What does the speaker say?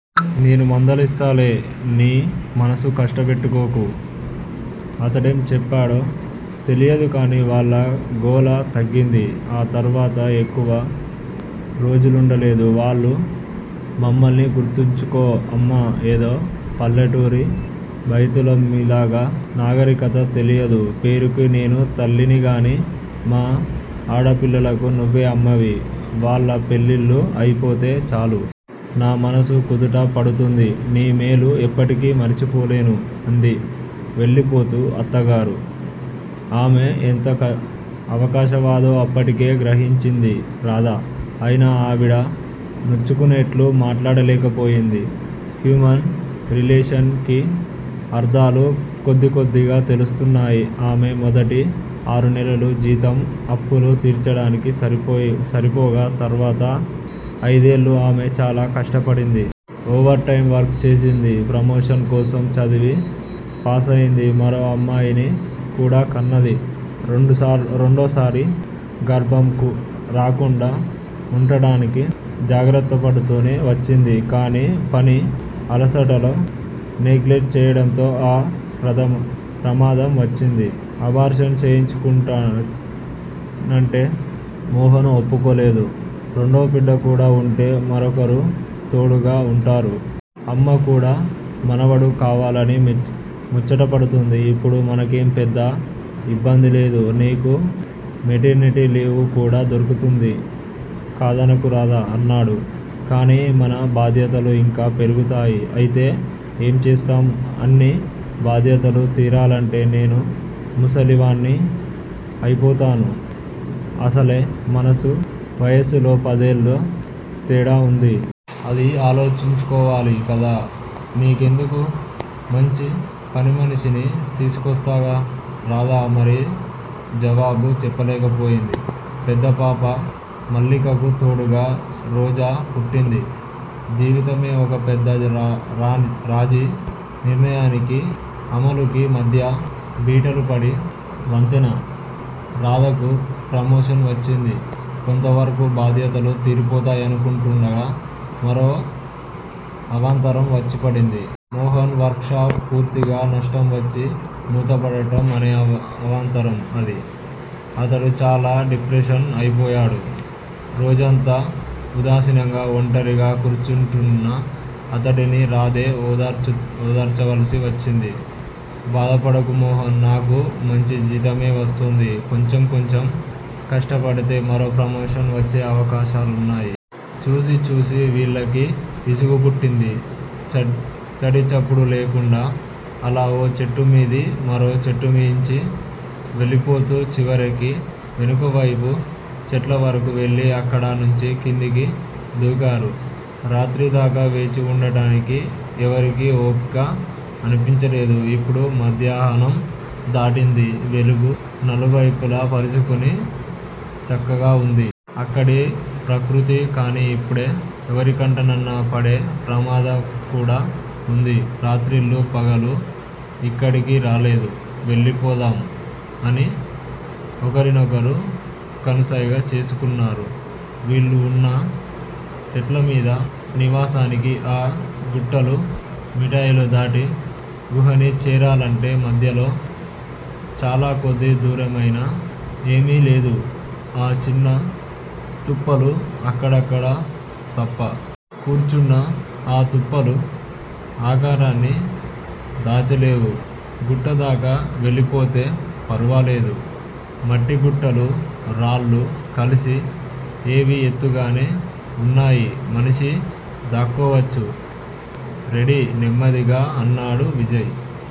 నేను మందలిస్తాలే నీ మనసు కష్టపెట్టుకోకు. అతడేం చెప్పాడో తెలియదుకాని వాళ్ళ గోల తగ్గింది. ఆ తర్వాత ఎక్కువ రోజులుండలేదు వాళ్ళు. మమ్మల్ని గుర్తుంచుకో అమ్మా! ఏదో పల్లెటూరి బైతులం మీలాగా నాగరికత తెలియదు పేరుకి నేనే తల్లినిగాని మా ఆడపిల్లలకు నువ్వే అమ్మవి. వాళ్ళ పెళ్ళిళ్ళు అయిపోతే చాలు. నా మనసు కుదుట పడుతుంది. నీ మేలు ఎప్పటికీ మర్చిపోలేను అంది వెళ్ళిపోతూ అత్తగారు. ఆమె ఎంత అవకాశవాదో అప్పటికే గ్రహించింది రాధ అయినా ఆవిడ నొచ్చుకునేటట్లు మాట్లాడలేకపోయింది. హ్యూమన్ రిలేషన్స్ కి అర్ధాలు కొద్దికొద్దిగా తెలుస్తున్నాయి. ఆమె మొదటి ఆరునెలలు జీతం అప్పులు తీర్చడానికి సరిపోగా తర్వాత అయిదేళ్ళు ఆమె చాలా కష్టపడింది. ఓవర్ టైం వర్క్ చేసింది. ప్రమోషన్ కోసం చదివి పాసయింది. మరో అమ్మాయిని కూడా కన్నది. రెండోసారి గర్భం రాకుండా వుండటానికి జాగ్రత్తపడుతూనే వచ్చింది. కాని పని అలసటలో నెగ్లెక్ట్ చేయడంతో ఆ ప్రమాదం వచ్చింది. అబార్షన్ చేయించుకుంటానంటే మోహన్ ఒప్పుకోలేదు. రెండో బిడ్డకూడా వుంటే ఒకరికొకరు తోడుగా వుంటారు. అమ్మకూడా మనవడు కావాలని ముచ్చటపడుతోంది ఇప్పుడు మనకేం పెద్ద యిబ్బందిలేదు. నీకు మెటర్నిటీ లీవు కూడా దొరుకుతుంది. కాదనకు రాధా! అన్నాడు. కాని మన బాధ్యతలు యింకా పెరుగుతాయి. అయితే ఏం చేస్తాం అన్ని బాధ్యతలూ తీరాలంటే నేను ముసలి వాణ్ని అయిపోతాను. అసలే మనసు వయసులో పదేళ్ళ తేడా వుందీ. అదీ ఆలోచించుకోవాలి కదా నీకెందుకు? మంచి పనిమనిషిని తీసుకొస్తాగా. రాధ మరి జవాబు చెప్పలేకపోయింది. పెద్దపాప మల్లికకు తోడుగా 'రోజా' పుట్టింది. జీవితమే ఒక పెద్ద రాజీ. నిర్ణయానికీ, అమలుకీ మధ్య బీటలుపడ్డ వంతెన. రాధకు ప్రమోషన్ వచ్చింది. కొంతవరకు బాధ్యతలు తీరిపోతాయనుకుంటుండగా మరో అవాంతరం వచ్చిపడింది. మోహన్ వర్క్ షాప్ పూర్తిగా నష్టం వచ్చి మూతపడటం అనే అవాంతరం అది. అతడు చాలా డిప్రెస్ అయిపోయాడు. రోజంతా ఉదాసీనంగా ఒంటరిగా కూర్చుంటున్న అతడిని రాధే ఓదార్చవలసి వచ్చింది. బాధపడకు మోహన్! నాకు మంచి జీతమే వస్తోంది. ఇంకొంచెం కష్టపడితే మరో ప్రమోషన్ వచ్చే అవకాశాలున్నాయి. చూసి చూసి వీళ్ళకి విసుగపుట్టింది. చడీ చప్పుడు లేకుండా అలా ఓ చెట్టుమీంచి మరో చెట్టుమీంచి వెళ్ళిపోతూ చివరికి వెనుకవేపు చెట్లవరకూ వెళ్ళి అక్కడ నుంచి కిందికి దిగారు. రాత్రిదాకా వేచివుండటానికి ఎవరికీ ఓపిక అనిపించలేదు. ఇప్పుడు మధ్యాహ్నం దాటింది. వెలుగు నలువైపులా పరుచుకుని చక్కగావుంది. అక్కడి ప్రకృతి కాని ఇప్పుడే ఎవరికంటనన్నా పడే ప్రామాదంకూడా వుంది. రాత్రిళ్ళు పగలు యిక్కడికి రాలేదు. వెళ్ళిపోదాం అని ఒకరినొకరు కనుసైగ చేసుకున్నారు. వీళ్ళువున్న చెట్లమీద నివాసానికి ఆ గుట్టలు మిట్టలు దాటి గుహాని చేరాలంటే మధ్యలో చాలాకొద్ది దూరమైనా ఏమీలేవు ఆ చిన్న తుప్పలు అక్కడక్కడ తప్ప. కూర్చున్నా ఆతుప్పులు ఆకారాన్ని దాచాలేవు. గుట్టదాకా వెళ్ళిపోతే ఫరవాలేదు. మట్టిగుట్టలు రాళ్ళు కలసి ఏవి ఎత్తుగానే వున్నాయి మనిషి దాక్కోవచ్చు. రెడీ నెమ్మదిగా అన్నాడు విజయ్.